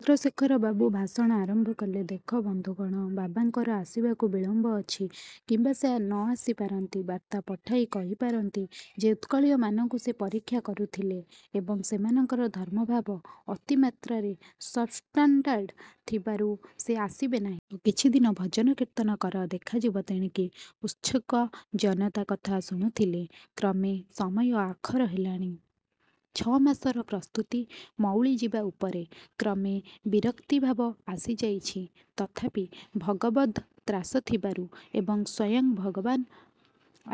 ଚନ୍ଦ୍ରଶେଖର ବାବୁ ଭାଷଣ ଆରମ୍ଭ କଲେ- ଦେଖ ବନ୍ଧୁଗଣ, ବାବାଙ୍କର ଆସିବାକୁ ବିଳମ୍ବ ଅଛି, କିମ୍ବା ସେ ନ ଆସି ପାରନ୍ତି। ବାର୍ତ୍ତା ପଠାଇ କହିପାରନ୍ତି ଯେ ଉତ୍କଳୀୟମାନଙ୍କୁ ସେ ପରୀକ୍ଷା କରୁଥିଲେ ଏବଂ ସେମାନଙ୍କର ଧର୍ମଭାବ ଅତିମାତ୍ରାରେ ସବ୍ଷ୍ଟାଣ୍ଡାର୍ଡ଼ ଥିବାରୁ ସେ ଆସିବେ ନାହଁ। ଆଉ କିଛିଦନ ଭଜନ କୀର୍ତ୍ତନ କର; ଦେଖାଯିବ ତେଣିକି। ଉତ୍ସୁକ ଜନତା କଥା ଶୁଣୁଥିଲେ। କ୍ରମେ ସମୟ ଆଖର ହେଲାଣି। ଛଅମାସର ପ୍ରସ୍ତୁତି ମଉଳିଯିବା ଉପରେ। କ୍ରମେ ବରକ୍ତିଭାବ ଆସିଯାଇଛି; ତଥାପି ଭଗବଦ୍ ତ୍ରାସ ଥିବାରୁ ଏବଂ ସ୍ଵୟଂ ଭଗବାନ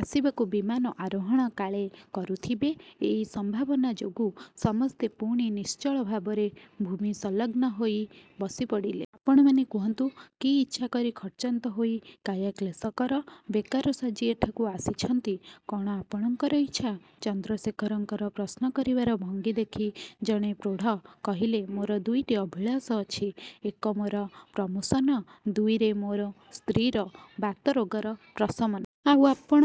ଆସିବାକୁ ବିମାନ ଆରୋହଣ କାଳେ କରୁଥିବେ ଏଇ ସମ୍ଭାବନା ଯୋଗୁ ସମସ୍ତେ ପୁଣି ନିଶ୍ଚଳ ଭାବରେ ଭୂମି ସଂଲଗ୍ନ ହୋଇ ବସିପଡ଼ିଲେ। -ଆପଣମାନେ କୁହନ୍ତୁ, କି ଇଚ୍ଛା କରି ଖର୍ଚ୍ଚାନ୍ତ ହୋଇ କାୟା କ୍ଳେଶ କର, ବେକାର ସାଜି ଏଠାକୁ ଆସିଛନ୍ତି; କଅଣ ଆପଣଙ୍କର ଇଚ୍ଛା? ଚନ୍ଦ୍ରଶେଖରଙ୍କର ପ୍ରଶ୍ନ କରିବାର ଭଙ୍ଗୀ ଦେଖି ଜଣେ ପ୍ରୌଢ଼ କହିଲେ-ମୋର ଦୁଇଟି ଅଭିଳାଷ ଅଛି। ଏକ ମୋର ପ୍ରମୋଶନ, ଦୁଇରେ ମୋ ସ୍ତ୍ରୀର ବାତରୋଗର ପ୍ରଶମନ। ଆଉ ଆପଣ!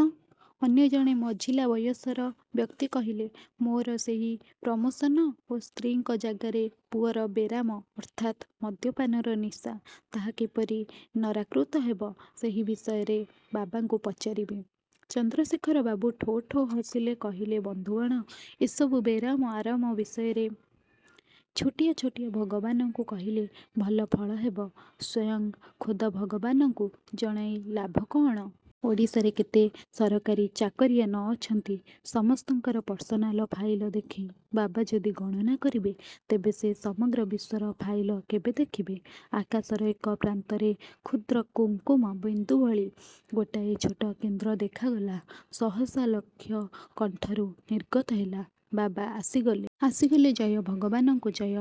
ଅନ୍ୟ ଜଣେ ମଝିଲା ବୟସର ବ୍ୟକ୍ତି କହିଲେ- ମୋର ସେହି ପ୍ରମୋଶନ ଓ ସ୍ତ୍ରୀଙ୍କ ଜାଗାରେ ପୁଅର ବେରାମ ଅର୍ଥାତ୍ ମଦ୍ୟପାନର ନିଶା, ତାହା କିପରି ନରାକୃତ ହେବ-ସେହି ବିଷୟରେ ବାବାଙ୍କୁ ପଚାରିବି। ଚନ୍ଦ୍ରଶେଖର ବାବୁ ଠୋ ଠୋ ହସିଲେ-କହିଲେ, ବନ୍ଧୁଗଣ! ଏସବୁ ବେରାମ ଆରାମ ବିଷୟରେ ଛୋଟିଆ ଛୋଟିଆ ଭଗବାନଙ୍କୁ କହିଲେ ଭଲ ଫଳ ହେବ; ସ୍ଵୟଂ ଖୋଦ ଭଗବାନଙ୍କୁ ଜଣାଇ ଲାଭ କଅଣ? ଓଡ଼ିଶାରେ କେତେ ସରକାରୀ ଚାକରିଆ ନ ଅଛନ୍ତି। ସମସ୍ତଙ୍କର ପର୍ସନାଲ ଫାଇଲ ଦେଖି ବାବା ଯଦି ଗଣନା କରିବେ ତେବେ ସେ ସମଗ୍ର ବିଶ୍ଵର ଫାଇଲ କେବେ ଦେଖିବେ? ଆକାଶର ଏକ ପ୍ରାନ୍ତରେ କ୍ଷୁଦ୍ର କୁଙ୍କୁମ ବିନ୍ଦୁ ଭଳି ଗୋଟାଏ ଛୋଟ କେନ୍ଦ୍ର ଦେଖାଗଲା। ସହସା ଲକ୍ଷ କଣ୍ଠରୁ ନିର୍ଗତ ହେଲା-ବାବା ଆସିଗଲେ ଆସିଗଲେ, ଜୟ ଭଗବାନଙ୍କୁ ଜୟ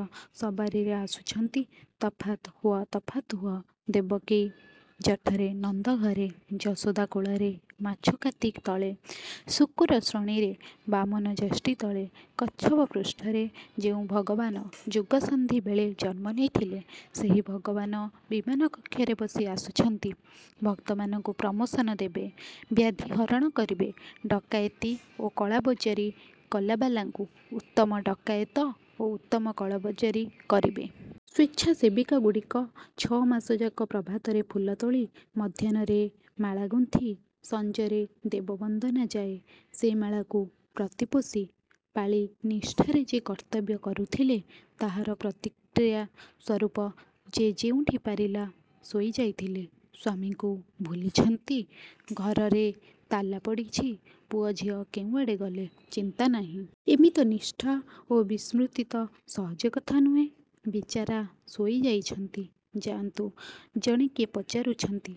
ସବାରିରେ ଆସୁଛନ୍ତି ତଫାତ୍ ହୁଅ, ତଫାତ୍ ହୁଅ.. ଦେବକୀ ଜଠରେ, ନନ୍ଦ ଘରେ, ଯଶୋଦା କୋଳରେ, ମାଛକାତି ତଳେ, ଶୂକର ଶ୍ରୋଣୀରେ, ବାମନ ଯଷ୍ଟି ତଳେ, କଚ୍ଛପ ପୃଷ୍ଠରେ ଯେଉଁ ଭଗବାନ ଯୁଗସନ୍ଧି ବେଳେ ଜନ୍ମ ନେଇଥିଲେ, ସେହି ଭଗବାନ ବିମାନ କକ୍ଷରେ ବସି ଆସୁଛନ୍ତି-ଭକ୍ତମାନଙ୍କୁ ପ୍ରମୋଶନ ଦେବେ, ବ୍ୟାଧି ହରଣ କରିବେ, ଡକାଏତି ଓ କଳାବଜାରୀ କଲାବାଲାଙ୍କୁ ଉତ୍ତମ ଡକାଏତ ଓ ଉତ୍ତମ କଳାବଜାରି କରିବେ। ସ୍ଵେଚ୍ଛାସେବିକା ଗୁଡ଼ିକ ଛଅମାସଯାକ ପ୍ରଭାତରେ ଫୁଲ ତୋଳି, ମଧ୍ୟାହ୍ନରେ ମାଳା ଗୁନ୍ଥି, ସଞ୍ଜରେ ଦେବ ବନ୍ଦନା ଯାଏ ସେ ମାଳାକୁ ପ୍ରତିପୋଷି ପାଳି ନିଷ୍ଠାରେ ଯେ କର୍ତ୍ତବ୍ୟ କରୁଥିଲେ, ତାହାର ପ୍ରତିକ୍ରିୟା ସ୍ଵରୂପ ଯେ ଯେଉଁଠି ପାରିଲା ଶୋଇଯାଇଥିଲେ। ସ୍ଵାମୀଙ୍କୁ ଭୁଲିଛନ୍ତି, ଘରରେ ତାଲା ପଡ଼ିଛି, ପୁଅ ଝିଅ କେଉଁଆଡ଼େ ଗଲେ, ଚିନ୍ତା ନାହିଁ। ଏମିତ ନିଷ୍ଠା ଓ ବିସ୍ମୃତି ତ ସହଜ କଥା ନୁହେଁ? ବିଚାରା ଶୋଇଯାଇଛନ୍ତି; ଯାଆନ୍ତୁ। ଜଣେ କିଏ ପଚାରୁଛନ୍ତି-.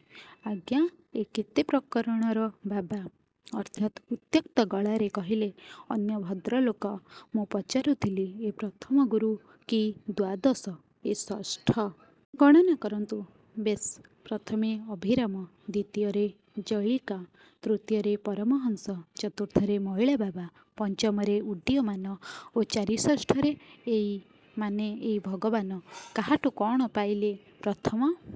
ଆଜ୍ଞା, ଏ କେତେ ପ୍ରକରଣର ବାବା? ଅର୍ଥାତ୍ ଉତ୍ତ୍ୟକ୍ତ ଗଳାରେ କହିଲେ ଅନ୍ୟ ଭଦ୍ରଲୋକ। ମୁଁ ପଚାରୁଥିଲି-ଏ ପ୍ରଥମ ଗୁରୁ କି ଦ୍ଵାଦଶ? -ଏ ଷଷ୍ଠ-. -ଗଣନା କରନ୍ତୁ.. -ବେଶ୍- ପ୍ରଥମେ ଅଭିରାମ, ଦ୍ୱିତୀୟରେ ଜଳୌକା, ତୃତୀୟରେ ପରମହଂସ, ଚତୁର୍ଥରେ ମଇଳା ବାବା, ପଞ୍ଚମରେ ଉଡ୍ଡୀୟମାନ ଓ ଚାରି ଷଷ୍ଠରେ ଏଇ-. ମାନେ ଏଇ ଭଗବାନ- -କାହାଠୁ କଅଣ ପାଇଲେ? -ପ୍ରଥମ